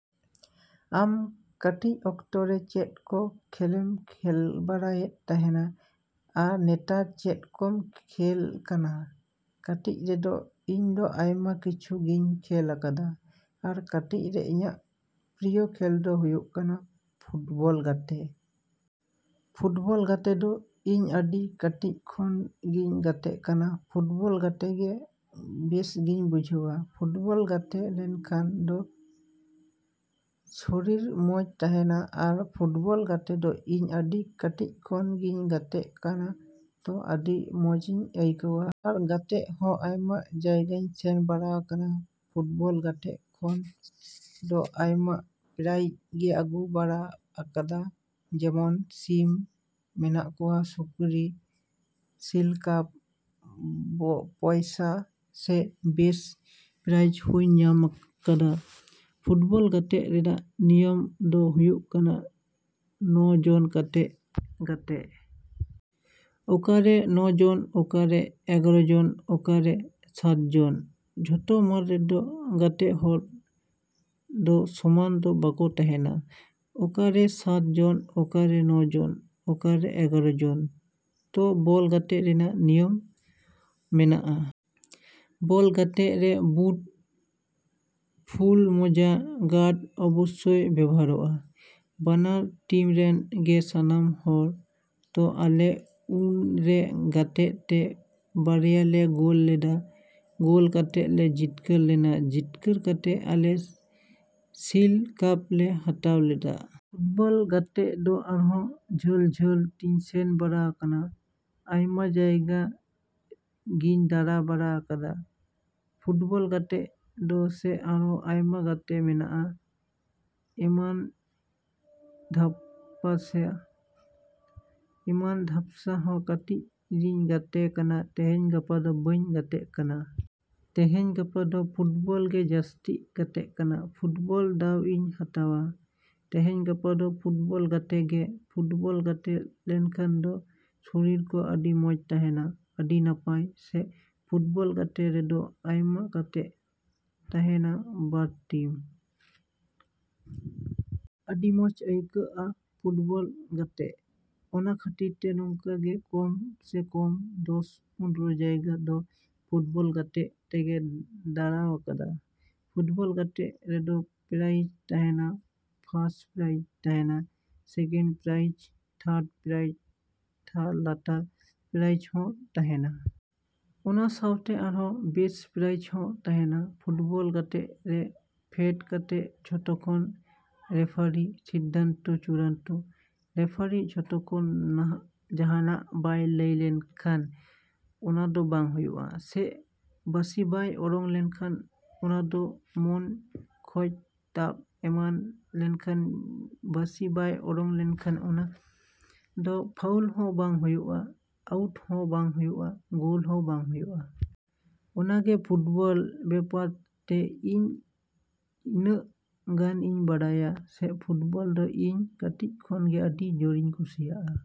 ‎ᱟᱢ ᱠᱟᱹᱴᱤᱡ ᱚᱠᱛᱚ ᱨᱮ ᱪᱮᱫ ᱠᱚ ᱠᱷᱮᱞᱮᱢ ᱠᱷᱮᱞ ᱵᱟᱲᱟᱭᱮᱫ ᱛᱟᱦᱮᱱᱟ ᱟᱨ ᱱᱮᱛᱟᱨ ᱪᱮᱫ ᱠᱚᱢ ᱠᱷᱮᱞᱮᱫ ᱠᱟᱱᱟ? ᱠᱟᱹᱴᱤᱡ ᱨᱮᱫᱚ ᱤᱧ ᱫᱚ ᱟᱭᱢᱟ ᱠᱤᱪᱷᱩ ᱜᱤᱧ ᱠᱷᱮᱞ ᱟᱠᱟᱫᱟ᱾ ᱟᱨ ᱠᱟᱹᱴᱤᱡ ᱨᱮ ᱤᱧᱟᱹᱜ ᱯᱨᱤᱭᱚ ᱠᱷᱮᱞ ᱫᱚ ᱦᱩᱭᱩᱜ ᱠᱟᱱᱟ ᱯᱷᱩᱴᱵᱚᱞ ᱜᱟᱛᱮ᱾ ᱯᱷᱩᱴᱵᱚᱞ ᱜᱟᱛᱮ ᱫᱚ ᱤᱧ ᱟᱹᱰᱤ ᱠᱟᱹᱴᱤᱡ ᱠᱷᱚᱱ ᱜᱮᱧ ᱜᱟᱛᱮᱜ ᱠᱟᱱᱟ᱾ ᱯᱷᱩᱴᱵᱚᱞ ᱜᱟᱛᱮ ᱜᱮ ᱵᱮᱥᱜᱤᱧ ᱵᱩᱡᱷᱟᱹᱣᱟ᱾ ᱯᱷᱩᱴᱵᱚᱞ ᱜᱟᱛᱮ ᱞᱮᱱᱠᱷᱟᱱ ᱫᱚ ᱥᱚᱨᱤᱨ ᱢᱚᱡᱽ ᱛᱟᱦᱮᱱᱟ᱾ ᱟᱨ ᱯᱷᱩᱴᱵᱚᱞ ᱜᱟᱛᱮ ᱫᱚ ᱤᱧ ᱟᱹᱰᱤ ᱠᱟᱹᱴᱤᱡ ᱠᱷᱚᱱ ᱜᱤᱧ ᱜᱟᱛᱮᱜ ᱠᱟᱱᱟ ᱛᱚ ᱟᱹᱰᱤ ᱢᱚᱡᱤᱧ ᱟᱹᱭᱠᱟᱹᱣᱟ᱾ ᱟᱨ ᱜᱟᱛᱮᱜ ᱦᱚᱸ ᱟᱭᱢᱟ ᱡᱟᱭᱜᱟᱧ ᱥᱮᱱ ᱵᱟᱲᱟᱣ ᱟᱠᱟᱱᱟ᱾ ᱯᱷᱩᱴᱵᱚᱞ ᱜᱟᱛᱮᱜ ᱠᱷᱚᱱ ᱫᱚ ᱟᱭᱢᱟ ᱯᱨᱟᱭᱤᱡᱽ ᱜᱮ ᱟᱹᱜᱩ ᱵᱟᱲᱟᱣ ᱟᱠᱟᱫᱟ, ᱡᱮᱢᱚᱱ ᱥᱤᱢ ᱢᱮᱱᱟᱜ ᱠᱚᱣᱟ, ᱥᱩᱠᱨᱤ, ᱥᱤᱞ ᱠᱟᱯ, ᱯᱚᱭᱥᱟ ᱥᱮ ᱵᱮᱥᱴ ᱯᱨᱟᱭᱤᱡᱽ ᱦᱚᱸᱧ ᱧᱟᱢ ᱟᱠᱟᱫᱟ᱾ ᱯᱷᱩᱴᱵᱚᱞ ᱜᱟᱛᱮᱜ ᱨᱮᱱᱟᱜ ᱱᱤᱭᱚᱢ ᱫᱚ ᱦᱩᱭᱩᱜ ᱠᱟᱱᱟ ᱱᱚ ᱡᱚᱱ ᱠᱟᱛᱮᱜ ᱜᱟᱛᱮᱜ᱾ ᱚᱠᱟᱨᱮ ᱱᱚ ᱡᱚᱱ, ᱚᱠᱟᱨᱮ ᱮᱜᱟᱨᱚ ᱡᱚᱱ, ᱚᱠᱟᱨᱮ ᱥᱟᱛ ᱡᱚᱱ᱾ ᱡᱚᱛᱚ ᱢᱟᱴᱷ ᱨᱮᱫᱚ ᱜᱟᱛᱮᱜ ᱦᱚᱲ ᱫᱚ ᱥᱚᱢᱟᱱ ᱫᱚ ᱵᱟᱠᱚ ᱛᱟᱦᱮᱱᱟ᱾ ᱚᱠᱟᱨᱮ ᱥᱟᱛ ᱡᱚᱱ, ᱚᱠᱟᱨᱮ ᱱᱚ ᱡᱚᱱ, ᱚᱠᱟᱨᱮ ᱮᱜᱟᱨᱚ ᱡᱚᱱ᱾ ᱛᱚ ᱵᱚᱞ ᱜᱟᱛᱮᱜ ᱨᱮᱱᱟᱜ ᱱᱤᱭᱚᱢ ᱢᱮᱱᱟᱜᱼᱟ᱾ ᱵᱚᱞ ᱜᱟᱛᱮᱜ ᱨᱮ ᱵᱩᱴ, ᱯᱷᱩᱞ ᱢᱚᱡᱟ, ᱜᱟᱨᱰ ᱚᱵᱚᱥᱥᱚᱭ ᱵᱮᱵᱚᱦᱟᱨᱚᱜᱼᱟ᱾ ᱵᱟᱱᱟᱨ ᱴᱤᱢ ᱨᱮᱱ ᱜᱮ ᱥᱟᱱᱟᱢ ᱦᱚᱲ᱾ ᱛᱚ ᱟᱞᱮ ᱩᱱᱨᱮ ᱜᱟᱛᱮᱜ ᱛᱮ ᱵᱟᱨᱭᱟ ᱞᱮ ᱜᱳᱞ ᱞᱮᱫᱟ᱾ ᱜᱳᱞ ᱠᱟᱛᱮᱫ ᱞᱮ ᱡᱤᱛᱠᱟᱹᱨ ᱞᱮᱱᱟ᱾ ᱡᱤᱛᱠᱟᱹᱨ ᱠᱟᱛᱮᱫ ᱟᱞᱮ ᱥᱤᱞ ᱠᱟᱯ ᱞᱮ ᱦᱟᱛᱟᱣ ᱞᱮᱫᱟ᱾ ᱯᱷᱩᱴᱵᱚᱞ ᱜᱟᱛᱮᱜ ᱫᱚ ᱟᱨᱦᱚᱸ ᱡᱷᱟᱹᱞᱼᱡᱷᱟᱹᱞ ᱛᱤᱧ ᱥᱮᱱ ᱵᱟᱲᱟᱣ ᱟᱠᱟᱱᱟ᱾ ᱟᱭᱢᱟ ᱡᱟᱭᱜᱟ ᱜᱤᱧ ᱫᱟᱬᱟ ᱵᱟᱲᱟᱣ ᱟᱠᱟᱫᱟ᱾ ᱯᱷᱩᱴᱵᱚᱞ ᱜᱟᱛᱮᱜ ᱫᱚ ᱥᱮ ᱟᱨᱦᱚᱸ ᱟᱭᱢᱟ ᱜᱟᱛᱮ ᱢᱮᱱᱟᱜᱼᱟ, ᱤᱢᱟᱹᱱ ᱫᱷᱟᱯᱥᱟ᱾ ᱤᱢᱟᱹᱱ ᱫᱷᱟᱯᱥᱟ ᱦᱚᱸ ᱠᱟᱹᱴᱤᱡ ᱨᱤᱧ ᱜᱟᱛᱮᱣ ᱟᱠᱟᱱᱟ᱾ ᱛᱮᱦᱮᱧ ᱜᱟᱯᱟ ᱫᱚ ᱵᱟᱹᱧ ᱜᱟᱛᱮᱜ ᱠᱟᱱᱟ᱾ ᱛᱮᱦᱮᱧ ᱜᱟᱯᱟ ᱫᱚ ᱯᱷᱩᱴᱵᱚᱞ ᱜᱮ ᱡᱟᱹᱥᱛᱤᱧ ᱜᱟᱛᱮᱜ ᱠᱟᱱᱟ᱾ ᱯᱷᱩᱴᱵᱚᱞ ᱫᱟᱣ ᱤᱧ ᱦᱟᱛᱟᱣᱟ᱾ ᱛᱮᱦᱮᱧ ᱜᱟᱯᱟ ᱫᱚ ᱯᱷᱩᱴᱵᱚᱞ ᱜᱟᱛᱮᱜ ᱜᱮ᱾ ᱯᱷᱩᱴᱵᱚᱞ ᱜᱟᱛᱮ ᱞᱮᱱᱠᱷᱟᱱ ᱫᱚ ᱥᱚᱨᱤᱨ ᱠᱚ ᱟᱹᱰᱤ ᱢᱚᱡᱽ ᱛᱟᱦᱮᱱᱟ, ᱟᱹᱰᱤ ᱱᱟᱯᱟᱭ᱾ ᱥᱮ ᱯᱷᱩᱴᱵᱚᱞ ᱜᱟᱛᱮᱜ ᱨᱮᱫᱚ ᱟᱭᱢᱟ ᱠᱟᱛᱮᱜ ᱛᱟᱦᱮᱱᱟ ᱵᱟᱨ ᱴᱤᱢ᱾ ᱟᱹᱰᱤ ᱢᱚᱡᱽ ᱟᱹᱭᱠᱟᱹᱜᱼᱟ ᱯᱷᱩᱴᱵᱚᱞ ᱜᱟᱛᱮᱜ᱾ ᱚᱱᱟ ᱠᱷᱟᱹᱛᱤᱨ ᱛᱮ ᱱᱚᱝᱠᱟ ᱜᱮ ᱠᱚᱢ ᱥᱮ ᱠᱚᱢ ᱫᱚᱥᱼᱯᱚᱱᱨᱚ ᱡᱟᱭᱜᱟ ᱫᱚ ᱯᱷᱩᱴᱵᱚᱞ ᱜᱟᱛᱮᱜ ᱛᱮᱜᱮ ᱫᱟᱬᱟᱣ ᱟᱠᱟᱫᱟ᱾ ᱯᱷᱩᱴᱵᱚᱞ ᱜᱟᱛᱮᱜ ᱨᱮᱫᱚ ᱯᱨᱟᱭᱤᱡᱽ ᱛᱟᱦᱮᱱᱟ᱾ ᱯᱷᱟᱥ ᱯᱨᱟᱭᱤᱡᱽ ᱛᱟᱦᱮᱱᱟ, ᱥᱮᱠᱮᱱᱰ ᱯᱨᱟᱭᱤᱥ, ᱛᱷᱟᱨᱰ ᱯᱨᱟᱭᱤᱥ, ᱛᱟᱨ ᱞᱟᱛᱟᱨ ᱯᱨᱟᱭᱤᱥᱡ ᱦᱚᱸ ᱛᱟᱦᱮᱱᱟ᱾ ᱚᱱᱟ ᱥᱟᱶᱛᱮ ᱟᱨᱦᱚᱸ ᱵᱮᱹᱥᱴ ᱯᱨᱟᱭᱤᱥ ᱦᱚᱸ ᱛᱟᱦᱮᱱᱟ᱾ ᱯᱷᱩᱴᱵᱚᱞ ᱜᱟᱛᱮᱜ ᱨᱮ ᱯᱷᱮᱰ ᱠᱟᱛᱮᱫ ᱡᱚᱛᱚᱠᱷᱚᱱ ᱨᱮᱯᱷᱟᱨᱤ ᱥᱤᱫᱽᱫᱷᱟᱱᱛᱚ ᱪᱩᱲᱟᱱᱛᱚ᱾ ᱨᱮᱯᱷᱟᱨᱤ ᱡᱚᱛᱚᱠᱷᱚᱱ ᱡᱟᱦᱟᱱᱟᱜ ᱵᱟᱭ ᱞᱟᱹᱭ ᱞᱮᱠᱷᱟᱱ ᱚᱱᱟ ᱫᱚ ᱵᱟᱝ ᱦᱩᱭᱩᱜᱼᱟ᱾ ᱥᱮ ᱵᱟᱸᱥᱤ ᱵᱟᱭ ᱚᱨᱚᱝ ᱞᱮᱠᱷᱟᱱ ᱚᱱᱟ ᱫᱚ ᱢᱚᱱ ᱠᱚᱡ ᱛᱟᱵ ᱮᱢᱟᱱ ᱞᱮᱱᱠᱷᱟᱱ ᱵᱟᱸᱥᱤ ᱵᱟᱭ ᱚᱨᱚᱝ ᱞᱮᱠᱷᱟᱱ ᱚᱱᱟ ᱫᱚ ᱯᱷᱟᱣᱩᱞ ᱦᱚᱸ ᱵᱟᱝ ᱦᱩᱭᱩᱜᱼᱟ, ᱟᱣᱩᱴ ᱦᱚᱸ ᱵᱟᱝ ᱦᱩᱭᱩᱜᱼᱟ, ᱜᱳᱞ ᱦᱚᱸ ᱵᱟᱝ ᱦᱩᱭᱩᱜᱼᱟ᱾ ᱚᱱᱟ ᱜᱮ ᱯᱷᱩᱴᱵᱚᱞ ᱵᱮᱯᱟᱨ ᱛᱮ ᱤᱧ ᱤᱱᱟᱹᱜ ᱜᱟᱱ ᱜᱤᱧ ᱵᱟᱰᱟᱭᱟ᱾ ᱥᱮ ᱯᱷᱩᱴᱵᱚᱞ ᱫᱚ ᱤᱧ ᱠᱟᱹᱴᱤᱡ ᱠᱷᱚᱱ ᱜᱮ ᱟᱹᱰᱤ ᱡᱳᱨᱤᱧ ᱠᱩᱥᱤᱭᱟᱜᱼᱟ᱾।